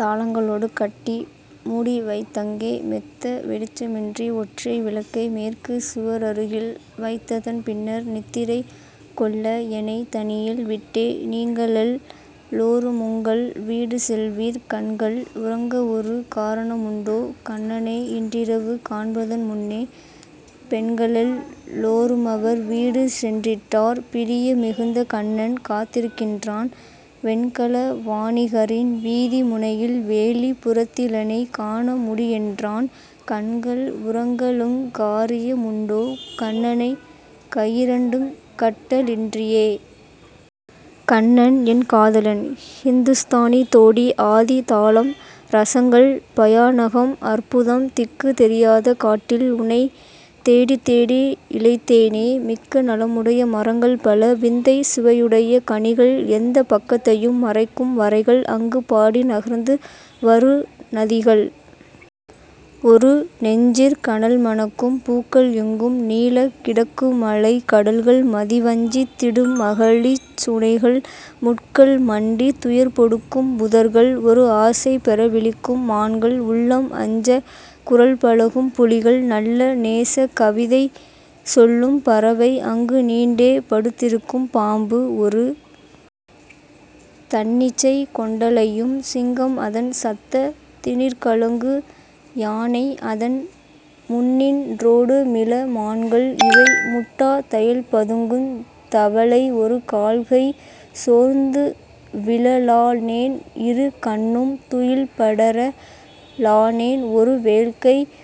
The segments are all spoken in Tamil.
தாளங்க ளோடுகட்டி மூடிவைத் தங்கே, மெத்த வெளிச்சமின்றி ஒற்றை விளக்கை மேற்குச் சுவரருகில் வைத்ததன் பின்னர் நித்திரை கொள்ளஎனைத் தனியில் விட்டே. நீங்களெல் லோருமுங்கள் வீடு செல்வீர். கண்கள் உறங்கவொரு காரண முண்டோ, கண்ணனை இன்றிரவு காண்பதன் முன்னே? பெண்களெல் லோருமவர் வீடு சென்றிட்டார் பிரிய மிகுந்த கண்ணன் காத்திருக்கின்றான்; வெண்கல வாணிகரின் வீதி முனையில் வேலிப் புறத்திலெனைக் காணமுடி யென்றான்; கண்கள் உறங்கழுங் காரிய முண்டோ, கண்ணனைக் கையிரண்டுங் கட்ட லின்றியே?. கண்ணன் என் காதலன் ஹிந்துஸ்தானி தோடி ஆதி தாளம் ரசங்கள்: பயாநகம், அற்புதம். திக்குத் தெரியாத காட்டில் உனைத் தேடித் தேடி இளைத்தேனே. மிக்க நலமுடைய மரங்கள், பல விந்தைச் சுவையுடைய கனிகள், எந்தப் பக்கத்தையும் மறைக்கும் வரைகள், அங்கு பாடி நகர்ந்து வரு நதிகள், ஒரு நெஞ்சிற் கனல்மணக்கும் பூக்கள், எங்கும் நீளக் கிடக்குமலைக் கடல்கள் மதி வஞ்சித் திடுமகழிச் சுனைகள், முட்கள் மண்டித் துயர்பொடுக்கும் புதர்கள், ஒரு ஆசை பெறவிழிக்கும் மான்கள், உள்ளம் அஞ்சக் குரல்பழகும் புலிகள், நல்ல நேசக் கவிதைசொல்லும் பறவை, அங்கு நீண்டே படுத்திருக்கும் பாம்பு, ஒரு தன்னிச்சை கொண்டலையும் சிங்கம் அதன் சத்தத் தினிற்கலங்கு யானை அதன் முன்னின் றோடுமிள மான்கள் இவை முட்டா தயல்பதுங்குந் தவளை ஒரு கால்கை சோர்ந்துவிழ லானேன் இரு கண்ணும் துயில்படர லானேன் ஒரு வேல்கைக்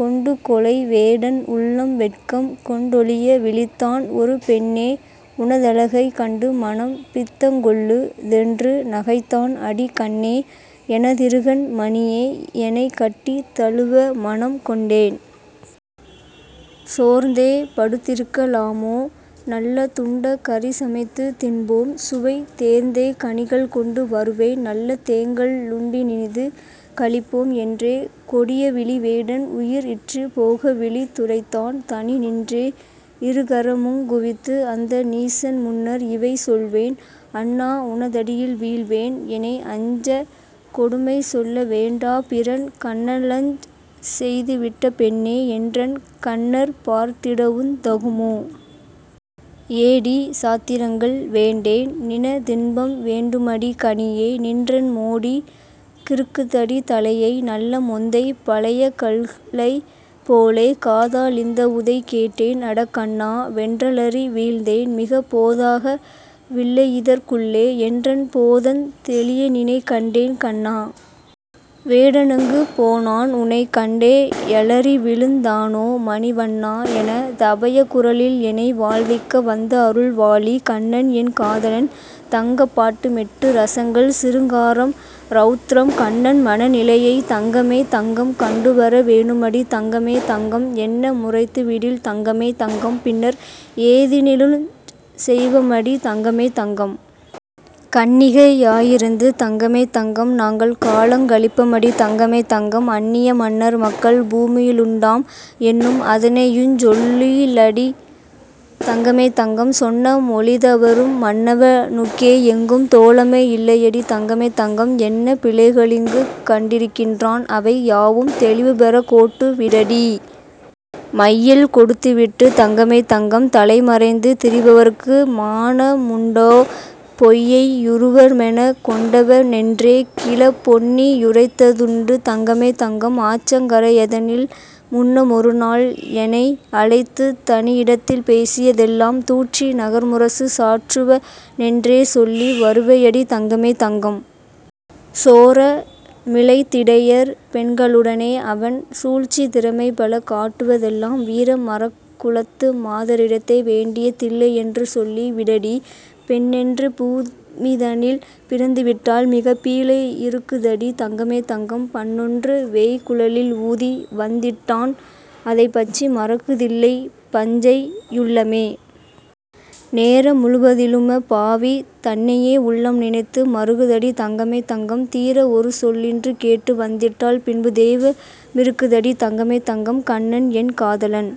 கொண்டுகொலைவேடன் உள்ளம் வெட்கம் கொண்டொழிய விழித்தான் ஒரு ''பெண்ணே உனதழகைக் கண்டு மனம் பித்தங்கொள்ளு'' தென்று நகைத்தான் ''அடி கண்ணே, எனதிருகண் மணியே எனைக் கட்டித் தழுவமனம் கொண்டேன். சோர்ந்தே படுத்திருக்க லாமோ? நல்ல துண்டக் கறிசமைத்துத் தின்போம் சுவை தேர்ந்தே கனிகள் கொண்டு வருவேன் நல்ல தேங்கள் ளுண்டினிது களிப்போம். '' என்றே கொடியவிழி வேடன் உயிர் இற்றுப் போகவிழித் துரைத்தான் தனி நின்றே இருகரமுங் குவித்து அந்த நீசன் முன்னர் இவை சொல்வேன்: ''அண்ணா உனதடியில் வீழ்வேன் எனை அஞ்சக் கொடுமைசொல்ல வேண்டா பிறன் கண்ணலஞ் செய்துவிட்ட பெண்ணே என்றன் கண்ணற் பார்த்திடவுந் தகுமோ? '' ''ஏடி, சாத்திரங்கள் வேண்டேன்: நின தின்பம் வேண்டுமடி, கனியே, நின்றன் மோடி கிறுக்குதடி தலையை, நல்ல மொந்தைப் பழையகள்ளைப் போலே'' காதா லிந்தவுதை கேட்டேன் 'அட கண்ணா! ' வென்றலறி வீழ்ந்தேன் மிகப் போதாக வில்லையிதற் குள்ளே என்றன் போதந் தெளியநினைக் கண்டேன். கண்ணா! வேடனெங்கு போனான்? உனைக் கண்டே யலறிவிழுந் தானோ? மணி வண்ணா! என தபயக் குரலில் -எனை வாழ்விக்க வந்தஅருள் வாழி!. கண்ணன் என் காதலன் தங்கப்பாட்டு மெட்டு ரசங்கள்: சிருங்காரம், ரௌத்ரம். கண்ணன் மனநிலையைத் தங்கமே தங்கம் கண்டுவர வேணுமடி தங்கமே தங்கம்; எண்ண முரைத்துவிடில் தங்கமே தங்கம் பின்னர் ஏதெனிலுஞ் செய்வமடி தங்கமே தங்கம்.. கன்னிகை யாயிருந்து தங்கமே தங்கம் நாங்கள் காலங் கழிப்பமடி தங்கமே தங்கம்; அன்னிய மன்னர் மக்கள் பூமியிலுண்டாம் என்னும் அதனையுஞ் சொல்லிடடி தங்கமே தங்கம்.. சொன்ன மொழிதவறும் மன்னவ னுக்கே எங்கும் தோழமை யில்லையடி தங்கமே தங்கம்; என்ன பிழைகளிங்கு கண்டிருக்கின்றான்? அவை யாவும் தெளிவுபெறக் கோட்டு விடடீ!. மையல் கொடுத்துவிட்டுத் தங்கமே தங்கம் தலை மறைந்து திரிபவர்க்கு மானமு முண்டோ? பொய்யை யுருவமெனக் கொண்டவ னென்றே கிழப் பொன்னி யுரைத்ததுண்டு தங்கமே தங்கம். ஆற்றங் கரையதனில் முன்னமொருநாள் எனை அழைத்துத் தனியிடத்தில் பேசிய தெல்லாம் தூற்றி நகர்முரசு சாற்றுவ னென்றே சொல்லி வருவையடி தங்கமே தங்கம். சோர மிழைத்திடையர் பெண்களுடனே அவன் சூழ்ச்சித் திறமை பல காட்டுவ தெல்லாம் வீர மறக்குலத்து மாதரிடத்தே வேண்டிய தில்லையென்று சொல்லி விடடீ! பெண்ணென்று பூமிதனில் பிறந்துவிட்டால் மிகப் பீழை யிருக்குதடி தங்கமே தங்கம்; பண்ணொன்று வேய்ங்குழலில் ஊதி வந்திட்டான் அதைப் பற்றி மறக்கு தில்லை பஞ்சை யுள்ளமே. நேர முழுவதிலுமப் பாவி தன்னையே உள்ளம் நினைத்து மறுகுதடி தங்கமே தங்கம், தீர ஒருசொல்லின்று கேட்டு வந்திட்டால் பின்பு தெய்வ மிருக்குதடி தங்கமே தங்கம்!. கண்ணன் என் காதலன்।